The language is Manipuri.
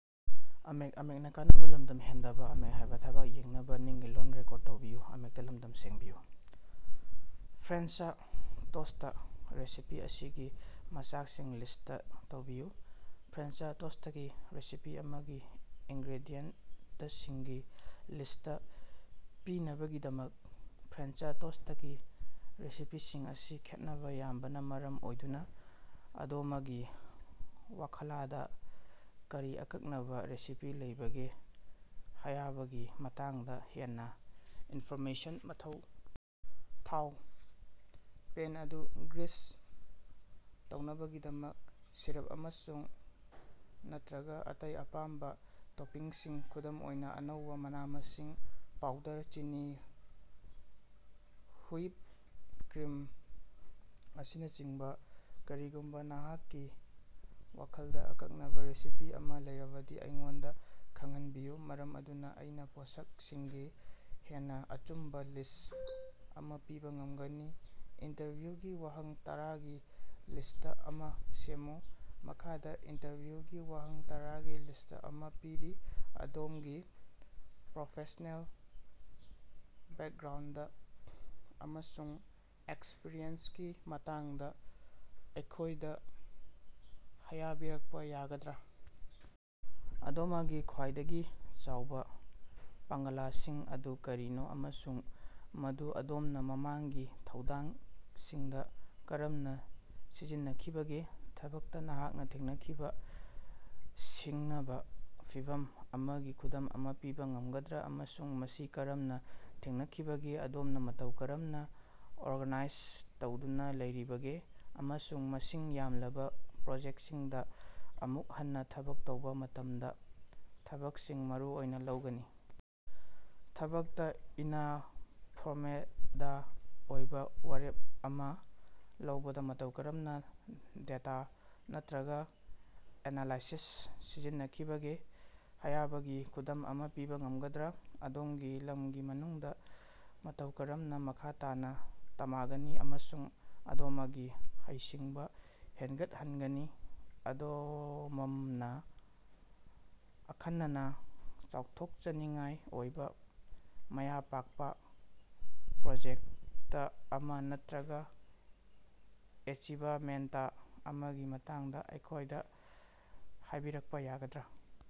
ꯐ꯭ꯔꯦꯟꯆ ꯇꯣꯁꯇ ꯔꯦꯁꯤꯄꯤ ꯑꯁꯤꯒꯤ ꯃꯆꯥꯛꯁꯤꯡ ꯂꯤꯁꯇ ꯇꯧꯕꯤꯌꯨ꯫ ꯐ꯭ꯔꯦꯟꯆ ꯇꯣꯁꯇꯀꯤ ꯔꯦꯁꯤꯄꯤ ꯑꯃꯒꯤ ꯏꯪꯒꯔꯦꯗꯤꯌꯦꯟꯇꯁꯤꯡꯒꯤ ꯂꯤꯁꯇ ꯄꯤꯅꯕꯒꯤꯗꯃꯛ, ꯐ꯭ꯔꯦꯟꯆ ꯇꯣꯁꯇꯀꯤ ꯔꯦꯁꯤꯄꯤꯁꯤꯡ ꯑꯁꯤ ꯈꯦꯠꯅꯕ ꯌꯥꯝꯕꯅ ꯃꯔꯝ ꯑꯣꯏꯗꯨꯅ ꯑꯗꯣꯃꯒꯤ ꯋꯥꯈꯂꯗ ꯀꯔꯤ ꯑꯀꯛꯅꯕ ꯔꯦꯁꯤꯄꯤ ꯂꯩꯕꯒꯦ ꯍꯥꯌꯕꯒꯤ ꯃꯇꯥꯡꯗ ꯍꯦꯟꯅ ꯏꯟꯐꯣꯔꯃꯦꯁꯟ ꯃꯊꯧ ꯊꯥꯎ ( ꯄꯦꯟ ꯑꯗꯨ ꯒ꯭ꯔꯤꯁ ꯇꯧꯅꯕꯒꯤꯗꯃꯛ) ꯁꯤꯔꯞ ꯑꯃꯁꯨꯡ/ꯅꯠꯇꯔꯒ ꯑꯇꯩ ꯑꯄꯥꯝꯕ ꯇꯣꯄꯤꯡꯁꯤꯡ (ꯈꯨꯗꯝ ꯑꯣꯏꯅ, ꯑꯅꯧꯕ ꯃꯅꯥ-ꯃꯁꯤꯡ, ꯄꯥꯎꯗꯔ ꯆꯤꯅꯤ, ꯍꯨꯏꯞ ꯀ꯭ꯔꯤꯝ, ꯑꯁꯤꯅꯆꯤꯡꯕ) ꯀꯔꯤꯒꯨꯝꯕ ꯅꯍꯥꯛꯀꯤ ꯋꯥꯈꯜꯗ ꯑꯀꯛꯅꯕ ꯔꯦꯁꯤꯄꯤ ꯑꯃ ꯂꯩꯔꯕꯗꯤ ꯑꯩꯉꯣꯟꯗ ꯈꯪꯍꯟꯕꯤꯌꯨ ꯃꯔꯝ ꯑꯗꯨꯅ ꯑꯩꯅ ꯄꯣꯠꯁꯛꯁꯤꯡꯒꯤ ꯍꯦꯟꯅ ꯑꯆꯨꯝꯕ ꯂꯤꯁ꯭ꯠ ꯑꯃ ꯄꯤꯕ ꯉꯃꯒꯅꯤ꯫ ꯏꯟꯇꯔꯚ꯭ꯌꯨꯒꯤ ꯋꯥꯍꯪ ꯇꯔꯥꯒꯤ ꯂꯤꯁꯇ ꯑꯃ ꯁꯦꯝꯃꯨ꯫ ꯃꯈꯥꯗ ꯏꯟꯇꯔꯚ꯭ꯌꯨꯒꯤ ꯋꯥꯍꯪ ꯇꯔꯥꯒꯤ ꯂꯤꯁꯇ ꯑꯃ ꯄꯤꯔꯤ: ꯑꯗꯣꯝꯒꯤ ꯄ꯭ꯔꯣꯐꯦꯁ꯭ꯅꯦꯜ ꯕꯦꯛꯒ꯭ꯔꯥꯎꯟꯗ ꯑꯃꯁꯨꯡ ꯑꯦꯛꯁꯄꯔꯤꯌꯦꯟꯁꯀꯤ ꯃꯇꯥꯡꯗ ꯑꯩꯈꯣꯏꯗ ꯍꯥꯌꯕꯤꯔꯛꯄ ꯌꯥꯒꯗ꯭ꯔ? ꯑꯗꯣꯃꯒꯤ ꯈ꯭ꯋꯥꯏꯗꯒꯤ ꯆꯥꯎꯕ ꯄꯥꯡꯒꯂꯁꯤꯡ ꯑꯗꯨ ꯀꯔꯤꯅꯣ ꯑꯃꯁꯨꯡ ꯃꯗꯨ ꯑꯗꯣꯝꯅ ꯃꯃꯥꯡꯒꯤ ꯊꯧꯗꯥꯡꯁꯤꯡꯗ ꯀꯔꯝꯅ ꯁꯤꯖꯤꯟꯅꯈꯤꯕꯒꯦ? ꯊꯕꯛꯇ ꯅꯍꯥꯛꯅ ꯊꯦꯡꯅꯈꯤꯕ ꯁꯤꯡꯅꯕ ꯐꯤꯚꯝ ꯑꯃꯒꯤ ꯈꯨꯗꯝ ꯑꯃ ꯄꯤꯕ ꯉꯃꯒꯗꯔ ꯑꯃꯁꯨꯡ ꯃꯁꯤ ꯀꯔꯝꯅ ꯊꯦꯡꯅꯈꯤꯕꯒꯦ? ꯑꯗꯣꯝꯅ ꯃꯇꯧ ꯀꯔꯝꯅ ꯑꯣꯔꯒꯅꯥꯏꯖ ꯇꯧꯗꯨꯅ ꯂꯩꯔꯤꯕꯒꯦ ꯑꯃꯁꯨꯡ ꯃꯁꯤꯡ ꯌꯥꯝꯂꯕ ꯄ꯭ꯔꯣꯖꯦꯛꯁꯤꯡꯗ ꯑꯃꯨꯛ ꯍꯟꯅ ꯊꯕꯛ ꯇꯧꯕ ꯃꯇꯃꯗ ꯊꯕꯛꯁꯤꯡ ꯃꯔꯨ ꯑꯣꯏꯅ ꯂꯧꯒꯅꯤ? ꯊꯕꯛꯇ ꯏꯅꯐꯣꯔꯃꯦꯗ ꯑꯣꯏꯕ ꯋꯥꯔꯦꯞ ꯑꯃ ꯂꯧꯕꯗ ꯃꯇꯧ ꯀꯔꯝꯅ ꯗꯦꯇ ꯅꯠꯔꯒ ꯑꯦꯅꯂꯥꯏꯁꯤꯁ ꯁꯤꯖꯤꯟꯅꯈꯤꯕꯒꯦ ꯍꯥꯌꯕꯒꯤ ꯈꯨꯗꯝ ꯑꯃ ꯄꯤꯕ ꯉꯝꯒꯗ꯭ꯔ? ꯑꯗꯣꯝꯒꯤ ꯂꯝꯒꯤ ꯃꯅꯨꯡꯗ ꯃꯇꯧ ꯀꯔꯝꯅ ꯃꯈꯥ ꯇꯥꯅ ꯇꯃꯒꯅꯤ ꯑꯃꯁꯨꯡ ꯑꯗꯣꯃꯒꯤ ꯍꯩꯁꯤꯡꯕ ꯍꯦꯟꯒꯠꯍꯟꯒꯅꯤ? ꯑꯗꯣꯃꯝꯅ ꯑꯈꯟꯅꯅ ꯆꯥꯎꯊꯣꯛꯆꯅꯤꯡꯉꯥꯏ ꯑꯣꯏꯕ ꯃꯥꯌ ꯄꯥꯛꯄ ꯄ꯭ꯔꯣꯖꯦꯛꯇ ꯑꯃ ꯅꯠꯔꯒ ꯑꯦꯆꯤꯕꯥꯃꯦꯟꯇ ꯑꯃꯒꯤ ꯃꯇꯥꯡꯗ ꯑꯩꯈꯣꯏꯗ ꯍꯥꯏꯕꯤꯔꯛꯄ ꯌꯥꯒꯗ꯭ꯔ?